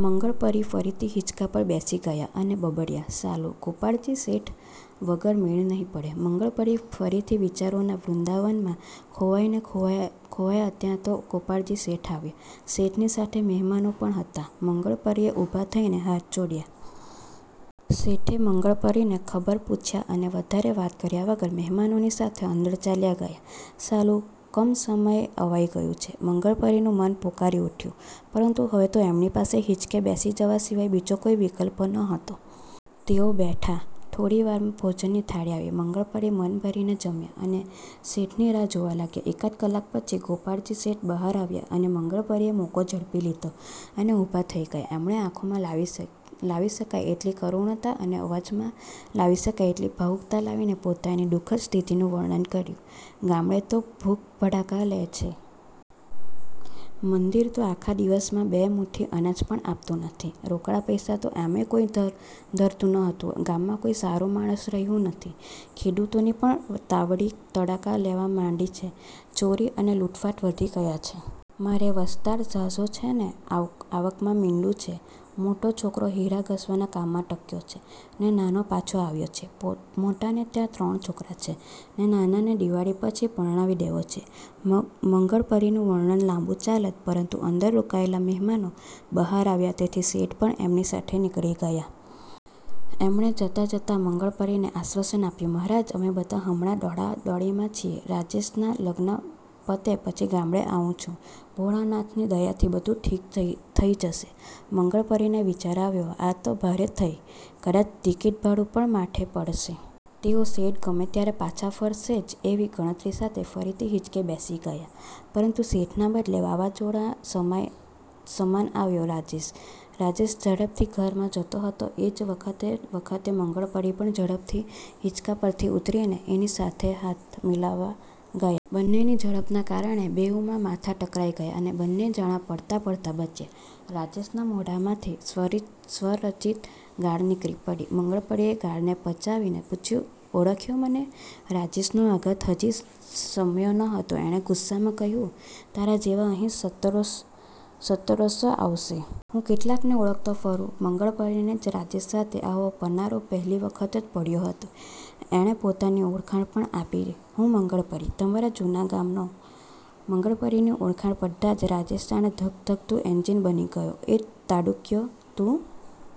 મંગળપરી ફરીથી હીંચકા પર બેસી ગયા અને બબડ્યા,"સાલું, ગોપાળજી શેઠ વગર મેળ નહિ પડે." મંગળપરી ફરીથી વિચારોના વૃંદાવનમાં ખોવાયા ને ખોવાયા ત્યાં તો ગોપાળજી શેઠ આવ્યા. શેઠની સાથે મહેમાનો પણ હતા. મંગળપરીએ ઊભા થઈને હાથ જોડ્યા. શેઠે મંગળપરીને ખબર પૂછ્યા અને વધારે વાત કર્યા વગર મહેમાનોની સાથે અંદર ચાલ્યા ગયા. "સાલું, કસમયે અવાઈ ગયું છે." મંગળપરીનું મન પોકારી ઊઠ્યું, પરંતુ હવે તો એમની પાસે હીંચકે બેસી જવા સિવાય બીજો કોઈ વિકલ્પ નહોતો. તેઓ બેઠા. થોડી વારમાં ભોજનની થાળી આવી. મંગળપરી મન ભરીને જમ્યા અને શેઠની રાહ જોવા લાગ્યા. એકાદ કલાક પછી ગોપાળજી શેઠ બહાર આવ્યા અને મંગળપરીએ મોકો ઝડપી લીધો અને ઊભા થઈ ગયા. એમણે આંખોમાં લાવી શકાય એટલી કરુણતા અને અવાજમાં લાવી શકાય એટલી ભાવુકતા લાવીને પોતાની દુખદ સ્થિતિનું વર્ણન કર્યું-"ગામડે તો ભૂખ ભડાકા લે છે. મંદિરમાં તો આખા દિવસમાં બે મૂઠી અનાજ પણ આવતું નથી. રોકડા પૈસા તો આમેય કોઈ ધરતું નહોતું. ગામમાં કોઈ સારું માણસ રહ્યું નથી. ખેડૂતોની પણ તાવડી તડાકા લેવા માંડી છે. ચોરી અને લૂંટફાટ વધી ગયાં છે. મારે વસ્તાર ઝાઝો છે ને આવકમાં મીંડું છે. મોટો છોકરો હીરા ઘસવાના કામમાં ટક્યો છે, ને નાનો પાછો આવ્યો છે. મોટાને ત્યાં ત્રણ છોકરાં છે, ને નાનાને દીવાળી પછી પરણાવી દેવો છે." મંગળપરીનું વર્ણન લાંબુ ચાલત, પરંતુ અંદર રોકાયેલા મહેમાનો બહાર આવ્યા તેથી શેઠ પણ એમની સાથે નીકળી ગયા. એમણે જતાં-જતાં મંગળપરીને આશ્વાસન આપ્યું- "મહારાજ, અમે બધાં હમણા દોડાદોડીમાં છીએ, રાજેશનાં લગ્ન પતે પછી ગામડે આવું છું. ભોળાનાથની દયાથી બધું ઠીક થઈ જશે." મંગળપરીને વિચાર આવ્યો,"આજ તો ભારે થઈ. કદાચ ટિકિટભાડું પણ માથે પડશે." તેઓ શેઠ ગમે ત્યારે પાછા ફરશે જ એવી ગણતરી સાથે ફરીથી હીંચકે બેસી ગયા. પરંતુ શેઠના બદલે વાવાઝોડા સમાન આવ્યો રાજેશ. રાજેશ ઝડપથી ઘરમાં જતો હતો એ જ વખતે-વખતે મંગળપરી પણ ઝડપથી હીંચકા પરથી ઊતરીને એની સાથે હાથ મિલાવવા ગયા. બંનેની ઝડપના કારણે બેઉનાં માથાં ટકરાઈ ગયાં, અને બંને જણા પડતાં-પડતાં બચ્યા. રાજેશના મોઢામાંથી સ્વરચિત ગાળ નીકળી પડી. મંગળપરીએ ગાળને પચાવીને પૂછ્યું-"ઓળખ્યો મને?" રાજેશનો આઘાત હજી શમ્યો નહોતો. એણે ગુસ્સામાં કહ્યું-"તારા જેવા અહીં સત્તરસો આવે છે. હું કેટલાને ઓળખતો ફરું?" મંગળપરીને રાજેશ સાથે આવો પનારો પહેલી વખત જ પડ્યો હતો. એણે પોતાની ઓળખાણ આપી-"હું મંગળપરી. તમારા જૂના ગામનો." મંગળપરીની ઓળખાણ પડતાં જ રાજેશ જાણે ધગધગતું એન્જિન બની ગયો. એ તાડૂક્યો, "તું